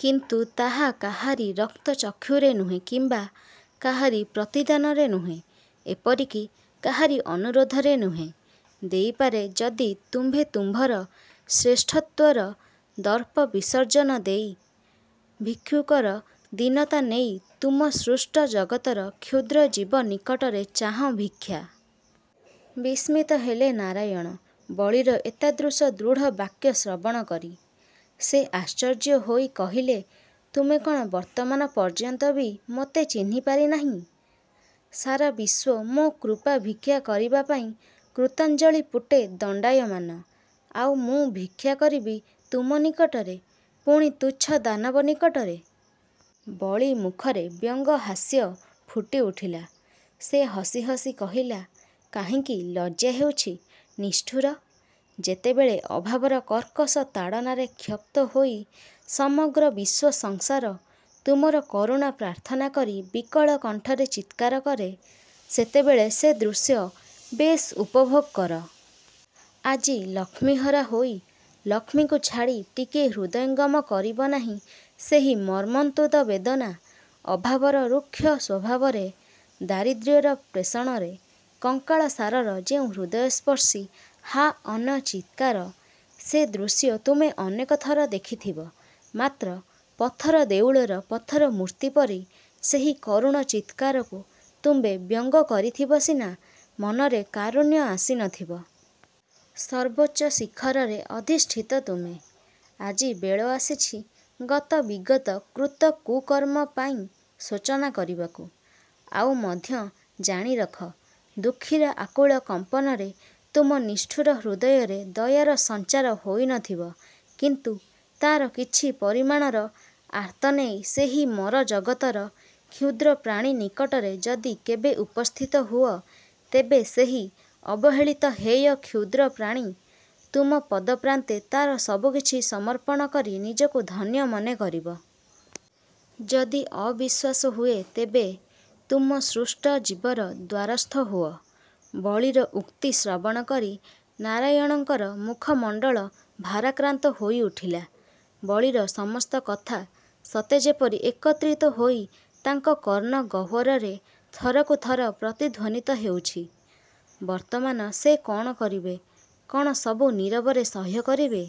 କିନ୍ତୁ ତାହା କାହାରି ରକ୍ତ ଚକ୍ଷୁରେ ନୁହେଁ କିମ୍ୱା କାହାରି ପ୍ରତିଦାନରେ ନୁହେଁ, ଏପରିକି କାହାରି ଅନୁରୋଧରେ ନୁହେଁ। ଦେଇପାରେ ଯଦି ତୁମ୍ଭେ ତୁମ୍ଭର ଶ୍ରେଷ୍ଠତ୍ୱର ଦର୍ପ ବିର୍ଷଜନ ଦେଇ, ଭିକ୍ଷୁକର ଦୀନତା ନେଇ ତୁମ ସୃଷ୍ଟ ଜଗତର କ୍ଷୁଦ୍ର ଜୀବ ନିକଟରେ ଚାହଁ ଭିକ୍ଷା। ବିସ୍ମିତ ହେଲେ ନାରାୟଣ ବଳୀର ଏତାଦୃଶ ଦୃଢ଼ ବାକ୍ୟ ଶ୍ରବଣକରି। ସେ ଆଶ୍ଚର୍ଯ୍ୟ ହୋଇ କହିଲେ ତୁମେ କଣ ବର୍ତ୍ତମାନ ପର୍ଯ୍ୟନ୍ତ ବି ମୋତେ ଚିହ୍ନପାରି ନାହିଁ? ସାରା ବିଶ୍ୱ ମୋ କୃପାଭିକ୍ଷା କରିବାପାଇଁ କୃତାଞ୍ଜଳୀପୁଟେ ଦଣ୍ଡାୟମାନ। ଆଉ ମୁଁ ଭିକ୍ଷା କରିବି ତୁମ ନିକଟରେ-ପୁଣି ତୁଚ୍ଛ ଦାନବ ନିକଟରେ। ବଳୀ ମୁଖରେ ବ୍ୟଙ୍ଗ ହାସ୍ୟ ଫୁଟିଉଠିଲା। ସେ ହସି ହସି କହିଲା, କାହିଁକି, ଲଜ୍ଜା ହେଉଛି? ନିଷ୍ଠୁର! ଯେତେବେଳେ ଅଭାବର କର୍କଶ ତାଡ଼ନାରେ କ୍ଷପ୍ତ ହୋଇ ସମଗ୍ର ବିଶ୍ୱ ସଂସାର ତୁମର କରୁଣା ପ୍ରାର୍ଥନାକରି ବିକଳ କଣ୍ଠରେ ଚିତ୍କାର କରେ, ସେତେବେଳେ ସେ ଦୃଶ୍ୟ ବେଶ ଉପଭୋଗ କର। ଆଜି ଲକ୍ଷ୍ମୀହରା ହୋଇ, ଲକ୍ଷ୍ମୀଙ୍କୁ ଛାଡ଼ି ଟିକିଏ ହୃଦୟଙ୍ଗମ କରିବ ନାହିଁ ସେହି ମର୍ମନ୍ତୁଦ ବେଦନା। ଅଭାବର ଋକ୍ଷ ସ୍ୱଭାବରେ, ଦାରିଦ୍ର୍ୟର ପେଷଣରେ, କଙ୍କାଳସାରର ଯେଉଁ ହୃଦୟସ୍ପର୍ଶୀ ହା ଅନ୍ନ ଚିତକାର-ସେ ଦୃଶ୍ୟ ତୁମେ ଅନେକ ଥର ଦେଖିଥିବ। ମାତ୍ର ପଥର ଦେଉଳର ପଥର ମୂର୍ତ୍ତିପରି ସେହି କରୁଣ ଚିତକାରକୁ ତୁମ୍ଭେ ବ୍ୟଙ୍ଗ କରିଥିବା ସିନା, ମନରେ କାରୁଣ୍ୟ ଆସି ନଥିବ। ସର୍ବୋଚ୍ଚ ଶିଖରରେ ଅଧିଷ୍ଠିତ ତୁମେ, ଆଜି ବେଳ ଆସିଛି ଗତ ବିଗତ କୃତ କୁମର୍ମ ପାଇଁ ଶୋଚନା କରିବାକୁ। ଆଉ ମଧ୍ୟ ଜାଣିରଖ ଦୁଃଖୀର ଆକୁଳ କମ୍ପନରେ ତୁମ ନିଷ୍ଠୁର ହୃଦୟରେ ଦୟାର ସଞ୍ଚାର ହୋଇ ନଥିବ, କିନ୍ତୁ ତାର କିଛି ପରିମାଣର ଆର୍ତ୍ତନେଇ ସେହି ମରଜଗତର କ୍ଷୁଦ୍ର ପ୍ରାଣୀ ନିକଟରେ ଯଦି କେବେ ଉପସ୍ଥିତ ହୁଅ, ତେବେ ସେହି ଅବହେଳିତ ହେୟ କ୍ଷୁଦ୍ରପ୍ରାଣୀ ତୁମ ପଦପ୍ରାନ୍ତେ ତାର ସବୁ କିଛି ସମର୍ପଣ କରି ନିଜକୁ ଧନ୍ୟ ମନେ କରିବ। ଯଦି ଅବିଶ୍ୱାସ ହୁଏ ତେବେ ତୁମ ସୃଷ୍ଟ ଜୀବର ଦ୍ୱାରସ୍ଥ ହୁଅ। ବଳୀର ଉକ୍ତି ଶ୍ରବଣକରି ନାରାୟଣଙ୍କର ମୁଖମଣ୍ଡଳ ଭାରାକ୍ରାନ୍ତ ହୋଇ ଉଠିଲା। ବଳୀର ସମସ୍ତ କଥା ସତେ ଯେପରି ଏକତ୍ରୀତ ହୋଇ ତାଙ୍କ କର୍ଣ୍ଣ ଗହ୍ୱରରେ ଥରକୁ ଥର ପ୍ରତିଧ୍ୱନୀତ ହେଉଛି। ବର୍ତ୍ତମାନ ସେ କଣ କରିବେ-କଣ ସବୁ ନୀରବରେ ସହ୍ୟ କରିବେ?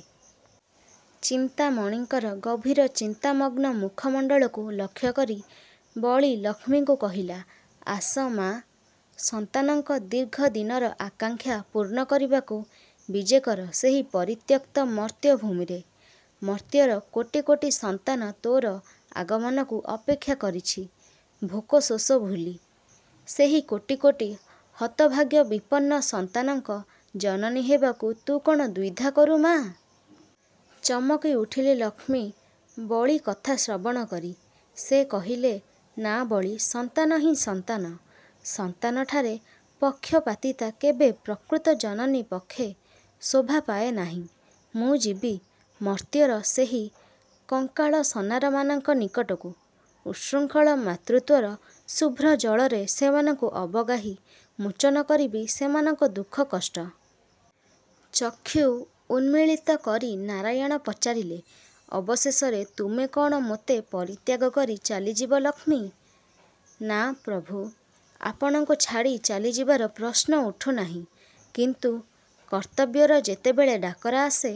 ଚିନ୍ତାମଣିଙ୍କର ଗଭୀର ଚିନ୍ତାମଗ୍ନ ମୁଖମଣ୍ଡଳକୁ ଲକ୍ଷକରି ବଳୀ ଲକ୍ଷ୍ମୀଙ୍କୁ କହିଲା, ଆସ ମା! ସନ୍ତାନଙ୍କ ଦୀର୍ଘଦିନର ଆକାଂକ୍ଷା ପୂର୍ଣ୍ଣ କରିବାକୁ ବିଜେକର ସେହି ପରିତ୍ୟକ୍ତ ମର୍ତ୍ତ୍ୟ ଭୂମିରେ-। ମର୍ତ୍ତ୍ୟର କୋଟି କୋଟି ସନ୍ତାନ ତୋର ଆଗମନକୁ ଅପେକ୍ଷା କରିଛି-ଭୋକ ଶୋଷ ଭୁଲି-। ସେହି କୋଟି କୋଟି ହତଭାଗ୍ୟ ବିପନ୍ନ ସନ୍ତାନଙ୍କ ଜନନୀ ହେବାକୁ ତୁ କଣ ଦ୍ୱୀଧା କରୁ ମା-? ଚମକି ଉଠିଲେ ଲକ୍ଷ୍ମୀ ବଳୀ କଥା ଶ୍ରବଣ କରି। ସେ କହିଲେ, ନା ବଳୀ ସନ୍ତାନହିଁ ସନ୍ତାନ। ସନ୍ତାନଠାରେ ପକ୍ଷପାତିତା କେବେ ପ୍ରକୃତ ଜନନୀ ପକ୍ଷେ ଶୋଭାପାଏ ନାହିଁ। ମୁଁ ଯିବି ମର୍ତ୍ତ୍ୟର ସେହି କଙ୍କାଳସନାରମାନଙ୍କ ନିକଟକୁ। ଉତ୍ସୃଙ୍ଖଳ ମାତୃତ୍ୱର ଶୁଭ୍ର ଜଳରେ ସେମାନଙ୍କୁ ଅବଗାହି, ମୋଚନ କରିବି ସେମାନଙ୍କ ଦୁଃଖ କଷ୍ଟ। ଚକ୍ଷୁ ଉନ୍ମିଳିତ କରି ନାରାୟଣ ପଚାରିଲେ, ଅବଶେଷରେ ତୁମେ କଣ ମୋତେ ପରିତ୍ୟାଗ କରି ଚାଲିଯିବ ଲକ୍ଷ୍ମୀ? ନା ପ୍ରଭୁ! ଆପଣଙ୍କୁ ଛାଡ଼ି ଚାଲିଯିବାର ପ୍ରଶ୍ନ ଉଠୁ ନାହିଁ-କିନ୍ତୁ କର୍ତ୍ତବ୍ୟର ଯେତେବେଳେ ଡାକରା ଆସେ